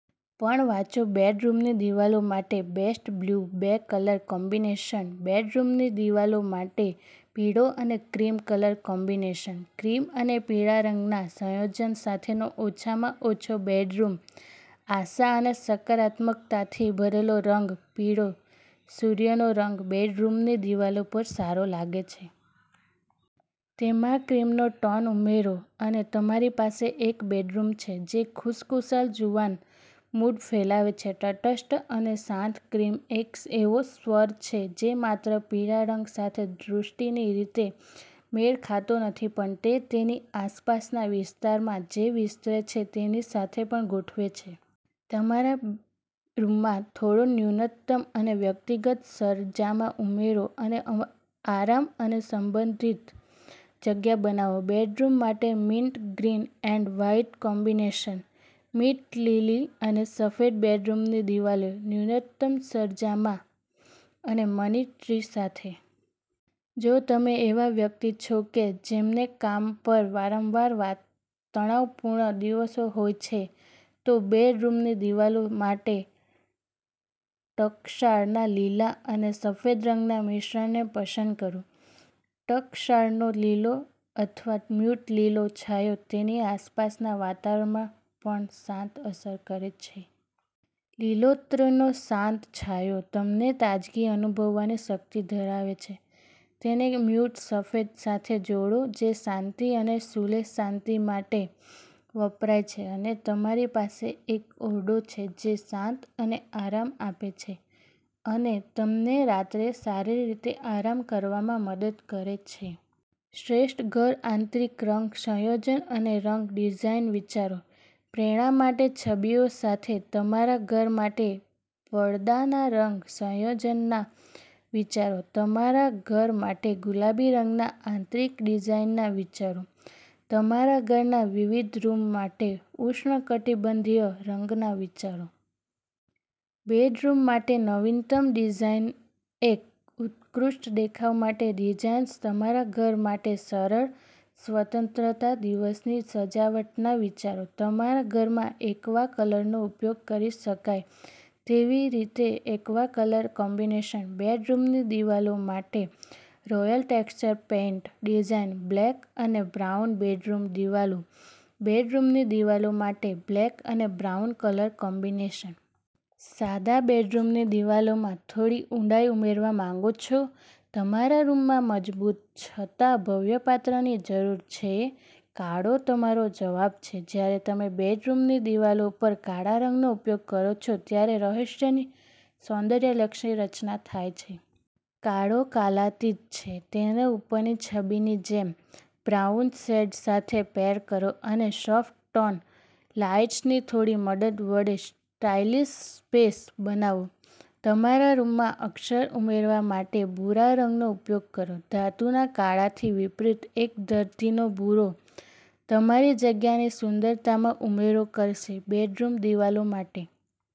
પણ વાંચો બેડરૂમની દિવાલો માટે બેસ્ટ બ્લુ બે કલર કોમ્બિનેશન બેડરૂમની દિવાલો માટે પીળો અને ક્રીમ કલર કોમ્બિનેશન. ક્રીમ અને પીળા રંગના સંયોજન સાથેનો ઓછામાં ઓછો બેડરૂમ, આશા અને સકારાત્મકતાથી ભરેલો રંગ.પીળો, સૂર્યનો રંગ, બેડરૂમની દિવાલો પર સારો લાગે છે. તેમાં ક્રીમનો ટોન ઉમેરો, અને તમારી પાસે એક બેડરૂમ છે જે ખુશખુશાલ, જુવાન મૂડ ફેલાવે છે. તટસ્થ અને શાંત, ક્રીમ એક એવો સ્વર છે જે માત્ર પીળા રંગ સાથેદૃષ્ટિની રીતે મેળ ખાતો નથી પણ તે તેની આસપાસના વિસ્તારમાં જે વિસ્તરે છે તેની સાથે પણ ગોઠવે છે. તમારા રૂમમાં થોડો ન્યૂનતમ અને વ્યક્તિગત સરંજામ ઉમેરો અને આરામ અને સંબંધિત જગ્યા બનાવો. બેડરૂમ માટે mint green and white combination. Mint લીલી અને સફેદ બેડરૂમની દિવાલો ન્યૂનતમ સરંજામ અને મની ટ્રી સાથે. જો તમે એવા વ્યક્તિ છો કે જેમને કામ પર વારંવાર તણાવપૂર્ણ દિવસો હોય છે, તો બેડરૂમની દિવાલો માટે ટંકશાળના લીલા અને સફેદ રંગના મિશ્રણને પસંદ કરો. ટંકશાળનો લીલો અથવા મ્યૂટ લીલો છાંયો તેની આસપાસના વાતાવરણ પર શાંત અસર કરે છે. લીલોતરીનો શાંત છાંયો તમને તાજગી અનુભવવાની શક્તિ ધરાવે છે. તેને મ્યૂટ સફેદ સાથે જોડો જે શાંતિ અને સુલેહ-શાંતિ માટે વપરાય છે અને તમારી પાસે એક ઓરડો છે જે શાંત અને આરામ આપે છે અને તમને રાત્રે સારી રીતે આરામ કરવામાં મદદ કરે છે. શ્રેષ્ઠ ઘર આંતરિક રંગ સંયોજન અને રંગ ડિઝાઇન વિચારો. પ્રેરણા માટે છબીઓ સાથે તમારા ઘર માટે પડદાના રંગ સંયોજનના વિચારો. તમારા ઘર માટે ગુલાબી રંગના આંતરિક ડિઝાઇનના વિચારો. તમારા ઘરના વિવિધ રૂમ માટે ઉષ્ણકટિબંધીય રંગના વિચારો. બેડરૂમ માટે નવીનતમ ડિઝાઇન્સએક ઉત્કૃષ્ટ દેખાવ માટે ડિઝાઇન્સ, તમારા ઘર માટે સરળ સ્વતંત્રતા દિવસની સજાવટના વિચારો. તમારા ઘરમાં એક્વા કલરનો ઉપયોગ કરી શકાય તેવી રીતોએક્વા કલર કોમ્બિનેશન, બેડરૂમની દિવાલો માટે royal texture paint design, black અને બ્રાઉન બેડરૂમ દિવાલો, બેડરૂમની દિવાલો માટે બ્લેક અને બ્રાઉન કલર કોમ્બિનેશન. સાદા બેડરૂમની દિવાલોમાં થોડી ઊંડાઈ ઉમેરવા માંગો છો? તમારા રૂમમાં મજબૂત છતાં ભવ્ય પાત્રની જરૂર છે? કાળો તમારો જવાબ છે. જ્યારે તમે બેડરૂમની દિવાલો પર કાળા રંગનો ઉપયોગ કરો છો, ત્યારે રહસ્યની સૌંદર્યલક્ષી રચના થાય છે. કાળો કાલાતીત છે. તેને ઉપરની છબીની જેમ બ્રાઉન શેડ સાથે પેર કરો અને સોફ્ટ-ટોન લાઇટ્સની થોડી મદદ વડે સ્ટાઇલિશ સ્પેસ બનાવો. તમારા રૂમમાં અક્ષર ઉમેરવા માટે ભૂરા રંગનો ઉપયોગ કરો. ધાતુના કાળાથી વિપરીત, એક ધરતીનો ભૂરો તમારી જગ્યાની સુંદરતામાં ઉમેરો કરશે. બેડરૂમ દિવાલો માટે